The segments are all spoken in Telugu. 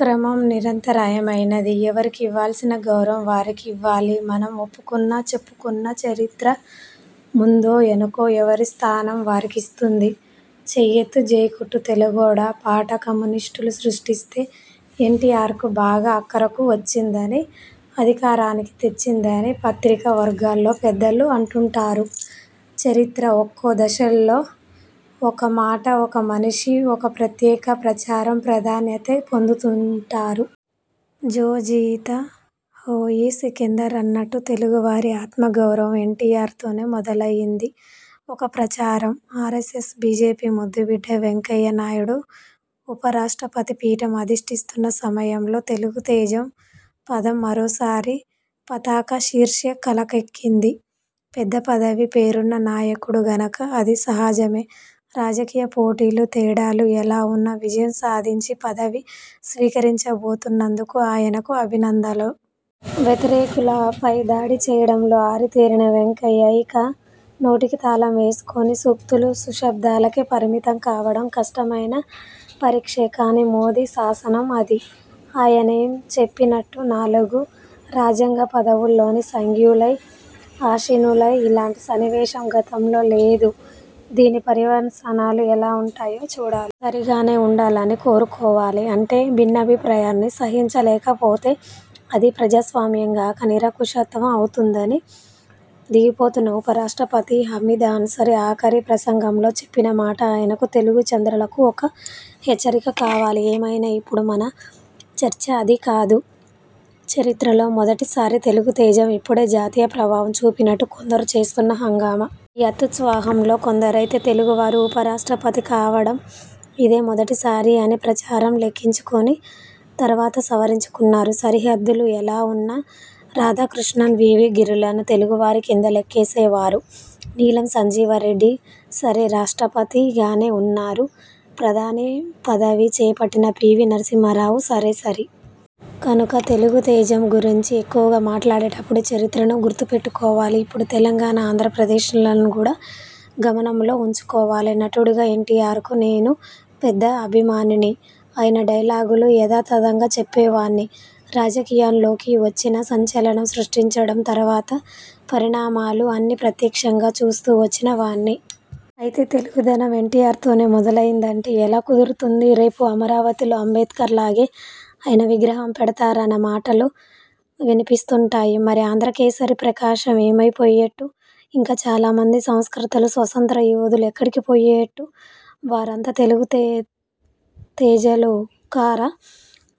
క్రమం నిరంతరాయమైనది. ఎవరికి ఇవ్వాల్సిన గౌరవం వారికి ఇవ్వాలి. మనం ఒప్పకున్నా చెప్పకున్నా చరిత్ర ముందో వెనకో ఎవరి స్థానం వారికిస్తుంది. చెయ్యెత్తి జైకొట్టు తెలుగోడా పాట కమ్యూనిస్టులు సృష్టిస్తే ఎన్టీఆర్కు బాగా అక్కరకు వచ్చిందని అధికారానికి తెచ్చిందని పత్రికా వర్గాల్లో పెద్దలు అంటుంటారు. చరిత్ర ఒక్కో దశలో ఒక మాట ఒక మనిషి ఒక ప్రత్యేక ప్రచారం ప్రాధాన్యదే పొందుతిటాయి. 'జో జీతా వొహీ సికిందర్' అన్నట్టు తెలుగువారి ఆత్మగౌరవం ఎన్టీఆర్ తోనే మొదలైందని ఒక ప్రచారం. ఆరెస్సెస్బీజేపీ ముద్దుబిడ్డ వెంకయ్య నాయుడు ఉపరాష్ట్రపతి పీఠం అధిష్టిస్తున్న సమయంలో తెలుగుతేజం పదం మరోసారి పతాక శీర్షికలకెక్కింది. పెద్ద పదవి, పేరున్న నాయకుడు గనక అది సహజమే. రాజకీయ పోటీలు తేడాలు ఎలా వున్నా విజయం సాధించి పదవి స్వీకరించబోతున్నందుకు ఆయనకు అభినందలు. వ్యతిరేకులపై దాడి చేయడంలో ఆరితేరిన వెంకయ్య ఇక నోటికి తాళం వేసుకుని సూక్తులు సుశబ్దాలకే పరిమితం కావడం కష్టమైన పరీక్షే. కాని మోదీ శాసనం అది. ఆయనే చెప్పినట్టు నాలుగు రాజ్యాంగ పదవుల్లోనూ సంఘీయులే ఆసీనులైన ఇలాంటి సన్నివేశం గతంలో లేదు. దీని పర్యవసానాలు ఎలా వుంటాయో చూడాలి. సరిగానే వుండాలని కోరుకోవాలి. అంటే భిన్నాభిప్రాయాన్ని సహించలేకపోతే అది ప్రజాస్వామ్యం గాక నిరంకుశత్వం అవుతుందని దిగిపోతున్న ఉపరాష్ట్రపతి హమీద్ అన్సారీ ఆఖరి ప్రసంగంలో చెప్పిన మాట ఆయనకూ తెలుగు చంద్రులకూ ఒక హెచ్చరిక కావాలి. ఏమైనా ఇప్పుడు మన చర్చ అది కాదు. చరిత్రలో మొదటి సారి తెలుగుతేజం ఇప్పుడే జాతీయ ప్రభావం చూపినట్టు కొందరు చేస్తున్న హంగామా. ఈ అత్యుత్సాహంలో కొందరైతే తెలుగువారు ఉపరాష్ట్రపతి కావడం ఇదే మొదటి సారి అని ప్రచారం లంకించుకుని తర్వాత సవరించుకున్నారు. సరిహద్దులు ఎలావున్నా రాధాకృష్ణన్, వి. వి. గిరిలను తెలుగువారి కింద లెక్కేసేవారు. నీలం సంజీవ రెడ్డి సరే రాష్ట్రపతిగానే వున్నారు. ప్రధాని పదవి చేపట్టిన పివి నరసింహారావు సరేసరి. కనుక తెలుగుతేజం గురించి ఎక్కువగా మాట్లాడేప్పుడు చరిత్రను గుర్తుపెట్టుకోవాలి. ఇప్పుడు తెలంగాణ ఆంధ్రప్రదేశ్లను కూడా గమనంలో వుంచుకోవాలి. నటుడుగా ఎన్టీఆర్కు నేను పెద్ద అభిమానిని. ఆయన డైలాగులు యథాతథంగా చెప్పేవాణ్ని. రాజకీయాల్లోకి వచ్చి సంచలనం సృష్టించడం, తర్వాత పరిణామాలు అన్నీ ప్రత్యక్షంగా చూస్తూ వచ్చిన వాణ్ని. అయితే తెలుగుదనం ఎన్టీఆర్తోనే మొదలైందంటే ఎలా కుదురుతుంది? రేపు అమరావతిలో అంబేడ్కర్లాగే ఆయన విగ్రహం పెడతారన్న మాటలు వినిపిస్తుంటాయి. మరి ఆంధ్రకేసరి ప్రకాశం ఏమైపోయే? ఇంకా చాలామంది సంస్కర్తలు స్వాత్రంత్య యోధులు ఎక్కడికిపోయే? వారంతా తెలుగుతేజాలు కారా?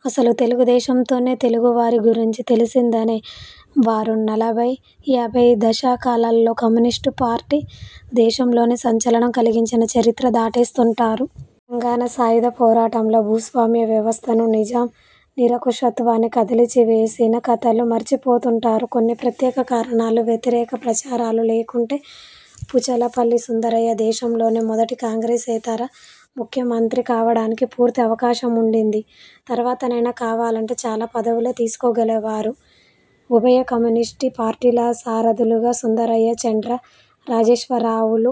అసలు తెలుగుదేశంతోనే తెలుగువారి గురించి తెలిసిందనే వారు నలభై యాభై దశకాలలో కమ్యూనిస్టుపార్టీ దేశంలోనే సంచలనం కలిగించిన చరిత్ర దాటేస్తుంటారు. తెలంగాణ సాయుధ పోరాటంలో భూస్వామ్య వ్యవస్థను నిజాం నిరంకుశత్వాన్ని కదిలించివేసిన కథలు మర్చిపోతుంటారు. కొన్ని ప్రత్యేక కారణాలు, వ్యతిరేక ప్రచారాలు లేకుంటే పుచ్చలపల్లి సుందరయ్య దేశంలోనే మొదటి కాంగ్రెసేతర ముఖ్యమంత్రి కావడానికి పూర్తి అవకాశముండింది. తర్వాతైనా కావాలంటే చాలా పదవులే తీసుకోగలిగేవారు. ఉభయ కమ్యూనిస్టు పార్టీల సారథులుగా సుందరయ్య, చండ్ర రాజేశ్వరరావులు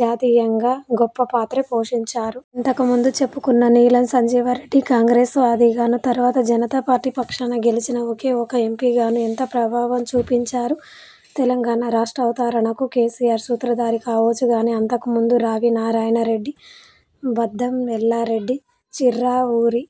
జాతీయంగా గొప్ప పాత్రే పోషించారు. ఇక ఇంతకుముందు చెప్పుకున్న నీలం సంజీవ రెడ్డి కాంగ్రెస్వాదిగానూ తర్వాత జనతా పార్టీ పక్షాన గెలిచిన ఒకే ఒక ఎంపిగానూ ఎంత ప్రభావం చూపించారు? తెలంగాణ రాష్ట్రావతరణకు కేసీఆర్ సూత్రధారి కావచ్చు గాని అంతకుమందు రావి నారాయణ రెడ్డి, బద్దం ఎల్లారెడ్డి, చిర్రావూరి